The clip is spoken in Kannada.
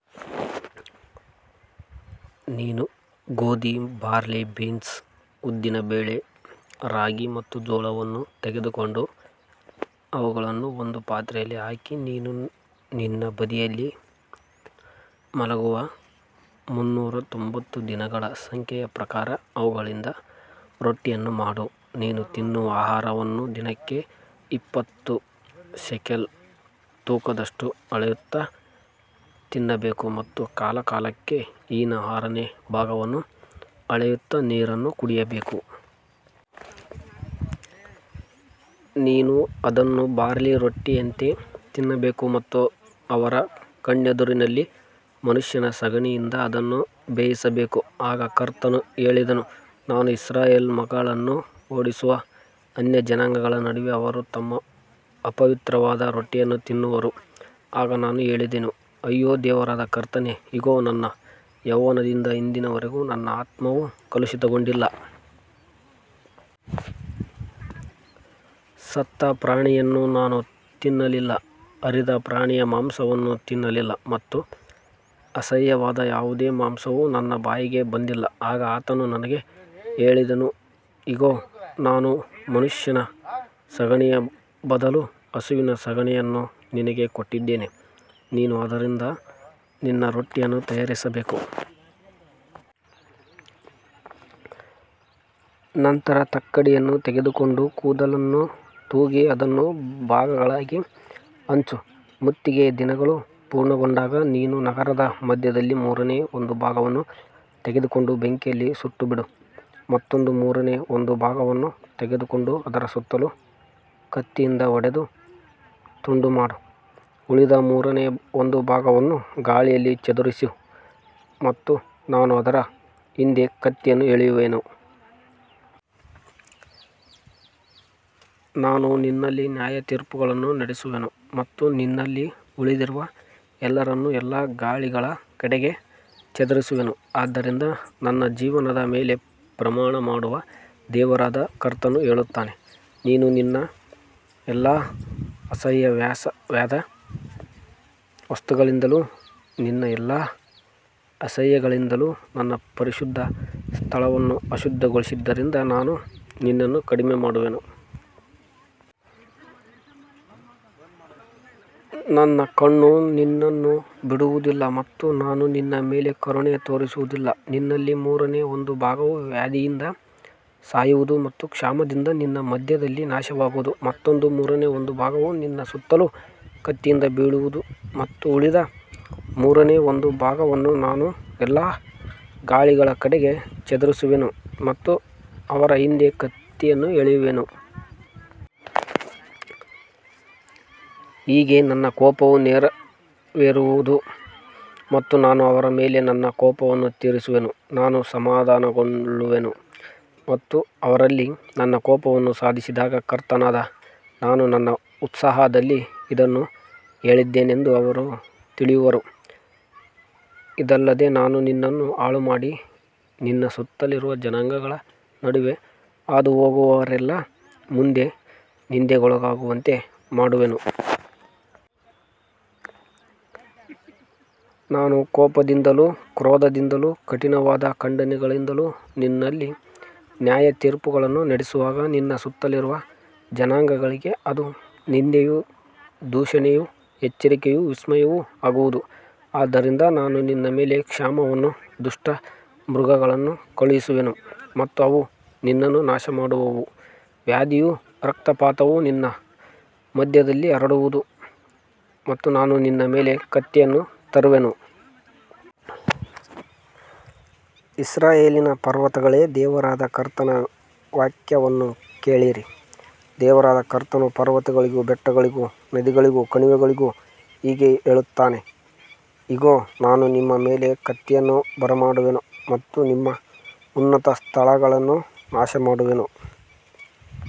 ನೀನು ಗೋಧಿ, ಬಾರ್ಲಿ, ಬೀನ್ಸ್, ಉದ್ದಿನಬೇಳೆ, ರಾಗಿ ಮತ್ತು ಜೋಳವನ್ನು ತೆಗೆದುಕೊಂಡು ಅವುಗಳನ್ನು ಒಂದು ಪಾತ್ರೆಯಲ್ಲಿ ಹಾಕಿ, ನೀನು ನಿನ್ನ ಬದಿಯಲ್ಲಿ ಮಲಗುವ ಮುನ್ನೂರ ತೊಂಬತ್ತು ದಿನಗಳ ಸಂಖ್ಯೆಯ ಪ್ರಕಾರ ಅವುಗಳಿಂದ ರೊಟ್ಟಿಯನ್ನು ಮಾಡು. ನೀನು ತಿನ್ನುವ ಆಹಾರವನ್ನು ದಿನಕ್ಕೆ ಇಪ್ಪತ್ತು ಶೇಕೆಲ್ ತೂಕದಷ್ಟು ಅಳೆಯುತ್ತಾ ತಿನ್ನಬೇಕು ಮತ್ತು ಕಾಲಕಾಲಕ್ಕೆ ಹಿನ್ನ ಆರನೇ ಭಾಗವನ್ನು ಅಳೆಯುತ್ತಾ ನೀರನ್ನು ಕುಡಿಯಬೇಕು. ನೀನು ಅದನ್ನು ಬಾರ್ಲಿ ರೊಟ್ಟಿಯಂತೆ ತಿನ್ನಬೇಕು ಮತ್ತು ಅವರ ಕಣ್ಣೆದುರಿನಲ್ಲಿ ಮನುಷ್ಯನ ಸಗಣಿಯಿಂದ ಅದನ್ನು ಬೇಯಿಸಬೇಕು. ಆಗ ಕರ್ತನು ಹೇಳಿದನು, ನಾನು ಇಸ್ರಾಯೇಲ್ ಮಕ್ಕಳನ್ನು ಓಡಿಸುವ ಅನ್ಯಜನಾಂಗಗಳ ನಡುವೆ ಅವರು ತಮ್ಮ ಅಪವಿತ್ರವಾದ ರೊಟ್ಟಿಯನ್ನು ತಿನ್ನುವರು. ಆಗ ನಾನು ಹೇಳಿದೆನು, ಅಯ್ಯೋ ದೇವರಾದ ಕರ್ತನೇ, ಇಗೋ, ನನ್ನ ಯೌವನದಿಂದ ಇಂದಿನವರೆಗೂ ನನ್ನ ಆತ್ಮವು ಕಲುಷಿತಗೊಂಡಿಲ್ಲ. ಸತ್ತ ಪ್ರಾಣಿಯನ್ನು ನಾನು ತಿನ್ನಲಿಲ್ಲ, ಹರಿದ ಪ್ರಾಣಿಯ ಮಾಂಸವನ್ನೂ ತಿನ್ನಲಿಲ್ಲ ಮತ್ತು ಅಸಹ್ಯವಾದ ಯಾವುದೇ ಮಾಂಸವು ನನ್ನ ಬಾಯಿಗೆ ಬಂದಿಲ್ಲ. ಆಗ ಆತನು ನನಗೆ ಹೇಳಿದನು, ಇಗೋ, ನಾನು ಮನುಷ್ಯನ ಸಗಣಿಯ ಬದಲು ಹಸುವಿನ ಸಗಣಿಯನ್ನು ನಿನಗೆ ಕೊಟ್ಟಿದ್ದೇನೆ, ನೀನು ಅದರಿಂದ ನಿನ್ನ ರೊಟ್ಟಿಯನ್ನು ತಯಾರಿಸಬೇಕು. ನಂತರ ತಕ್ಕಡಿಯನ್ನು ತೆಗೆದುಕೊಂಡು ಕೂದಲನ್ನು ತೂಗಿ ಅದನ್ನು ಭಾಗಗಳಾಗಿ ಹಂಚು. ಮುತ್ತಿಗೆಯ ದಿನಗಳು ಪೂರ್ಣಗೊಂಡಾಗ ನೀನು ನಗರದ ಮಧ್ಯದಲ್ಲಿ ಮೂರನೇ ಒಂದು ಭಾಗವನ್ನು ತೆಗೆದುಕೊಂಡು ಬೆಂಕಿಯಲ್ಲಿ ಸುಟ್ಟುಬಿಡು. ಮತ್ತೊಂದು ಮೂರನೇ ಒಂದು ಭಾಗವನ್ನು ತೆಗೆದುಕೊಂಡು ಅದರ ಸುತ್ತಲೂ ಕತ್ತಿಯಿಂದ ಹೊಡೆದು ತುಂಡುಮಾಡು. ಉಳಿದ ಮೂರನೇ ಒಂದು ಭಾಗವನ್ನು ಗಾಳಿಯಲ್ಲಿ ಚದುರಿಸು ಮತ್ತು ನಾನು ಅದರ ಹಿಂದೆ ಕತ್ತಿಯನ್ನು ಎಳೆಯುವೆನು. ನಾನು ನಿನ್ನಲ್ಲಿ ನ್ಯಾಯತೀರ್ಪುಗಳನ್ನು ನಡೆಸುವೆನು ಮತ್ತು ನಿನ್ನಲ್ಲಿ ಉಳಿದಿರುವ ಎಲ್ಲರನ್ನೂ ಎಲ್ಲಾ ಗಾಳಿಗಳ ಕಡೆಗೆ ಚದುರಿಸುವೆನು. ಆದ್ದರಿಂದ ನನ್ನ ಜೀವದ ಮೇಲೆ ಪ್ರಮಾಣಮಾಡುವ ದೇವರಾದ ಕರ್ತನು ಹೇಳುತ್ತಾನೆ, ನೀನು ನಿನ್ನ ಎಲ್ಲಾ ಅಸಹ್ಯವಾದ ವಸ್ತುಗಳಿಂದಲೂ ನಿನ್ನ ಎಲ್ಲಾ ಅಸಹ್ಯಗಳಿಂದಲೂ ನನ್ನ ಪರಿಶುದ್ಧ ಸ್ಥಳವನ್ನು ಅಶುದ್ಧಗೊಳಿಸಿದ್ದರಿಂದ, ನಾನೂ ನಿನ್ನನ್ನು ಕಡಿಮೆಮಾಡುವೆನು. ನನ್ನ ಕಣ್ಣು ನಿನ್ನನ್ನು ಬಿಡುವುದಿಲ್ಲ ಮತ್ತು ನಾನು ನಿನ್ನ ಮೇಲೆ ಕರುಣೆ ತೋರಿಸುವುದಿಲ್ಲ. ನಿನ್ನಲ್ಲಿ ಮೂರನೇ ಒಂದು ಭಾಗವು ವ್ಯಾಧಿಯಿಂದ ಸಾಯುವುದು ಮತ್ತು ಕ್ಷಾಮದಿಂದ ನಿನ್ನ ಮಧ್ಯದಲ್ಲಿ ನಾಶವಾಗುವುದು. ಮತ್ತೊಂದು ಮೂರನೇ ಒಂದು ಭಾಗವು ನಿನ್ನ ಸುತ್ತಲೂ ಕತ್ತಿಯಿಂದ ಬೀಳುವುದು ಮತ್ತು ಉಳಿದ ಮೂರನೇ ಒಂದು ಭಾಗವನ್ನು ನಾನು ಎಲ್ಲಾ ಗಾಳಿಗಳ ಕಡೆಗೆ ಚದುರಿಸುವೆನು ಮತ್ತು ಅವರ ಹಿಂದೆ ಕತ್ತಿಯನ್ನು ಎಳೆಯುವೆನು. ಹೀಗೆ ನನ್ನ ಕೋಪವು ನೆರವೇರುವುದು ಮತ್ತು ನಾನು ಅವರ ಮೇಲೆ ನನ್ನ ಕೋಪವನ್ನು ತೀರಿಸುವೆನು. ನಾನು ಸಮಾಧಾನಗೊಳ್ಳುವೆನು ಮತ್ತು ಅವರಲ್ಲಿ ನನ್ನ ಕೋಪವನ್ನು ಸಾಧಿಸಿದಾಗ, ಕರ್ತನಾದ ನಾನು ನನ್ನ ಉತ್ಸಾಹದಲ್ಲಿ ಇದನ್ನು ಹೇಳಿದ್ದೇನೆಂದು ಅವರು ತಿಳಿಯುವರು. ಇದಲ್ಲದೆ ನಾನು ನಿನ್ನನ್ನು ಹಾಳುಮಾಡಿ, ನಿನ್ನ ಸುತ್ತಲಿರುವ ಜನಾಂಗಗಳ ನಡುವೆ ಹಾದುಹೋಗುವವರೆಲ್ಲರ ಮುಂದೆ ನಿಂದೆಗೊಳಗಾಗುವಂತೆ ಮಾಡುವೆನು. ನಾನು ಕೋಪದಿಂದಲೂ ಕ್ರೋಧದಿಂದಲೂ ಕಠಿಣವಾದ ಖಂಡನೆಗಳಿಂದಲೂ ನಿನ್ನಲ್ಲಿ ನ್ಯಾಯತೀರ್ಪುಗಳನ್ನು ನಡೆಸುವಾಗ, ನಿನ್ನ ಸುತ್ತಲಿರುವ ಜನಾಂಗಗಳಿಗೆ ಅದು ನಿಂದೆಯೂ ದೂಷಣೆಯೂ ಎಚ್ಚರಿಕೆಯೂ ವಿಸ್ಮಯವೂ ಆಗುವುದು. ಆದ್ದರಿಂದ ನಾನು ನಿನ್ನ ಮೇಲೆ ಕ್ಷಾಮವನ್ನೂ ದುಷ್ಟ ಮೃಗಗಳನ್ನೂ ಕಳುಹಿಸುವೆನು ಮತ್ತು ಅವು ನಿನ್ನನ್ನು ನಾಶಮಾಡುವವು. ವ್ಯಾಧಿಯೂ ರಕ್ತಪಾತವೂ ನಿನ್ನ ಮಧ್ಯದಲ್ಲಿ ಹರಡುವವು ಮತ್ತು ನಾನು ನಿನ್ನ ಮೇಲೆ ಕತ್ತಿಯನ್ನು ತರುವೆನು. ಇಸ್ರಾಯೇಲಿನ ಪರ್ವತಗಳೇ, ದೇವರಾದ ಕರ್ತನ ವಾಕ್ಯವನ್ನು ಕೇಳಿರಿ. ದೇವರಾದ ಕರ್ತನು ಪರ್ವತಗಳಿಗೂ ಬೆಟ್ಟಗಳಿಗೂ ನದಿಗಳಿಗೂ ಕಣಿವೆಗಳಿಗೂ ಹೀಗೆ ಹೇಳುತ್ತಾನೆ, ಇಗೋ, ನಾನು ನಿಮ್ಮ ಮೇಲೆ ಕತ್ತಿಯನ್ನು ಬರಮಾಡುವೆನು ಮತ್ತು ನಿಮ್ಮ ಉನ್ನತ ಸ್ಥಳಗಳನ್ನು ನಾಶಮಾಡುವೆನು.